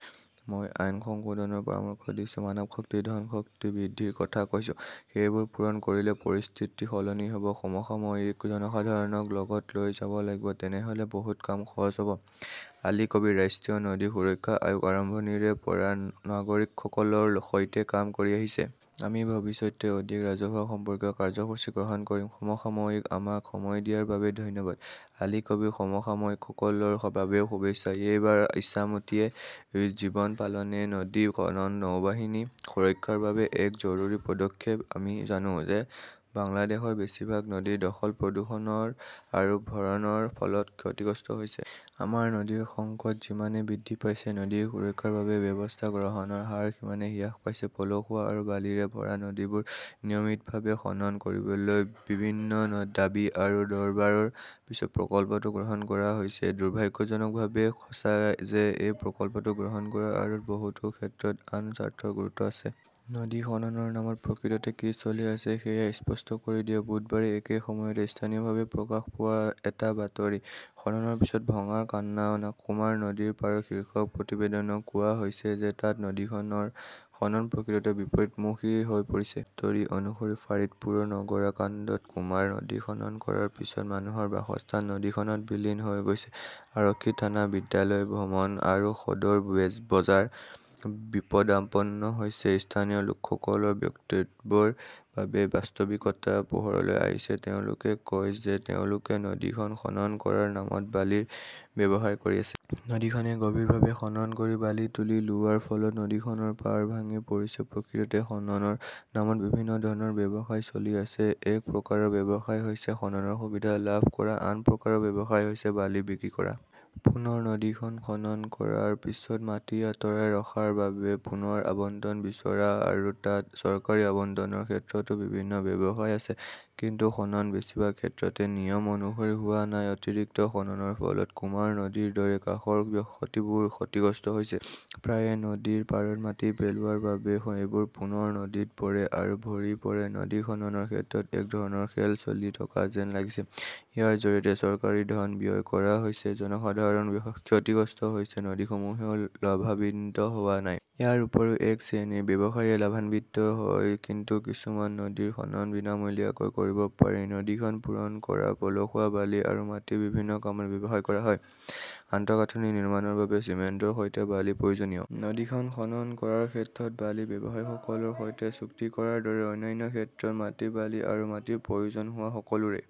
মই আইন সংশোধনৰ পৰামৰ্শ দিছো। মানৱশক্তি, ধন শক্তি বৃদ্ধিৰ কথা কৈছো। সেইবোৰ পূৰণ কৰিলে পৰিস্থিতি সলনি হ’ব। সমসাময়িকঃ জনসাধাৰণক লগত লৈ যাব লাগিব। তেনেহ’লে বহুত কাম সহজ হ’ব। আলী কবীৰঃ ৰাষ্ট্ৰীয় নদী সুৰক্ষা আয়োগে আৰম্ভণিৰে পৰাই নাগৰিকসকলৰ সৈতে কাম কৰি আহিছে। আমি ভৱিষ্যতে অধিক ৰাজহুৱা সম্পৰ্কীয় কাৰ্যসূচী গ্ৰহণ কৰিম। সমসাময়িকঃ আমাক সময় দিয়াৰ বাবে ধন্যবাদ। আলী কবীৰঃ সমসাময়িকসকলৰ বাবেও শুভেচ্ছা। এইবাৰ ইছামতীয়ে জীৱন পাবনে নদী খনন নৌবাহিনীৰ সুৰক্ষাৰ বাবে এক জৰুৰী পদক্ষেপ। আমি জানো যে বাংলাদেশৰ বেছিভাগ নদী দখল-প্ৰদূষণ আৰু ভৰণৰ ফলত ক্ষতিগ্ৰস্ত হৈছে। আমাৰ নদীৰ সংকট যিমানে বৃদ্ধি পাইছে; নদী সুৰক্ষাৰ বাবে ব্যৱস্থা গ্ৰহণৰ হাৰ সিমানে হ্ৰাস পাইছে। পলসুৱা আৰু বালিৰে ভৰা নদীবোৰ নিয়মিতভাৱে খনন কৰিবলৈ বিভিন্ন দাবী আৰু দৰবাৰৰ পিছত প্ৰকল্পটো গ্ৰহণ কৰা হৈছিল। দুৰ্ভাগ্যজনকভাৱে সঁচা যে এই প্ৰকল্পটো গ্ৰহণ কৰাৰ আঁৰত বহুতো ক্ষেত্ৰত আন স্বাৰ্থৰ গুৰুত্ব আছে। নদী খননৰ নামত প্ৰকৃততে কি চলি আছে সেয়া স্পষ্ট কৰি দিয়ে-বুধবাৰে একে সময়তে স্থানীয়ভাৱে প্ৰকাশ পোৱা এটা বাতৰি। খননৰ পিছত ভঙাৰ কান্না কুমাৰ নদীৰ পাৰত শীৰ্ষক প্ৰতিবেদনত কোৱা হৈছে যে তাত নদীখনৰ খনন প্ৰকৃততে বিপৰীতমুখী হৈ পৰিছে। বাতৰি অনুসৰি, ফাৰিদপুৰৰ নগৰকান্দাত কুমাৰ নদী খনন কৰাৰ পিছত মানুহৰ বাসস্থান নদীখনত বিলীন হৈ গৈছে। আৰক্ষী থানা, বিদ্যালয় ভৱন আৰু সদৰ বজাৰ বিপদাপন্ন হৈছে। স্থানীয় লোকসকলৰ বক্তব্যৰ বাবেই বাস্তৱিকতা পোহৰলৈ আহিছে। তেওঁলোকে কয় যে তেওঁলোকে নদীখন খনন কৰাৰ নামত বালিৰ ব্যৱসায় কৰি আছে। নদীখনে গভীৰভাৱে খনন কৰি বালি তুলি লোৱাৰ ফলত নদীখনৰ পাৰ ভাঙি পৰিছে। প্ৰকৃততে খননৰ নামত বিভিন্ন ধৰণৰ ব্যৱসায় চলি আছে। এক প্ৰকাৰৰ ব্যৱসায় হৈছে খননৰ সুবিধা লাভ কৰা; আন প্ৰকাৰৰ ব্যৱসায় হৈছে বালি বিক্ৰী কৰা। পুনৰ নদীখন খনন কৰাৰ পিছত মাটি আঁতৰাই ৰখাৰ বাবে পুনৰ আবণ্টন বিচাৰা আৰু তাত চৰকাৰী আবণ্টনৰ ক্ষেত্ৰতো বিভিন্ন ব্যৱসায় আছে। কিন্তু খনন বেছিভাগ ক্ষেত্ৰতে নিয়ম অনুসৰি হোৱা নাই। অতিৰিক্ত খননৰ ফলত কুমাৰ নদীৰ দৰে কাষৰ বসতিবোৰ ক্ষতিগ্ৰস্ত হৈছে। প্ৰায়ে নদীৰ পাৰত মাটি পেলোৱাৰ ফলত সেইবোৰ পুনৰ নদীত পৰে আৰু ভৰি পৰে। নদী খননৰ ক্ষেত্ৰত এক ধৰণৰ খেল চলি থকা যেন লাগিছে। ইয়াৰ জৰিয়তে চৰকাৰী ধন ব্যয় কৰা হৈছে; জনসাধাৰণ ক্ষতিগ্ৰস্ত হৈছে; নদীসমূহেও লাভান্বিত হোৱা নাই। ইয়াৰ উপৰিও, এক শ্ৰেণীৰ ব্যৱসায়ীয়ে লাভান্বিত হয়। কিন্তু কিছুমান নদীৰ খনন বিনামূলীয়াকৈ কৰিব পাৰি। নদীখন পূৰণ কৰা পলসুৱা, বালি আৰু মাটি বিভিন্ন কামত ব্যৱহাৰ কৰা হয়। আন্তঃগাঁথনি নিৰ্মাণৰ বাবে চিমেণ্টৰ সৈতে বালি প্ৰয়োজনীয়। নদীখন খনন কৰাৰ ক্ষেত্ৰত বালি ব্যৱসায়ীসকলৰ সৈতে চুক্তি কৰাৰ দৰে, অন্যান্য ক্ষেত্ৰত মাটি, বালি আৰু মাটিৰ প্ৰয়োজন হোৱা সকলোৰে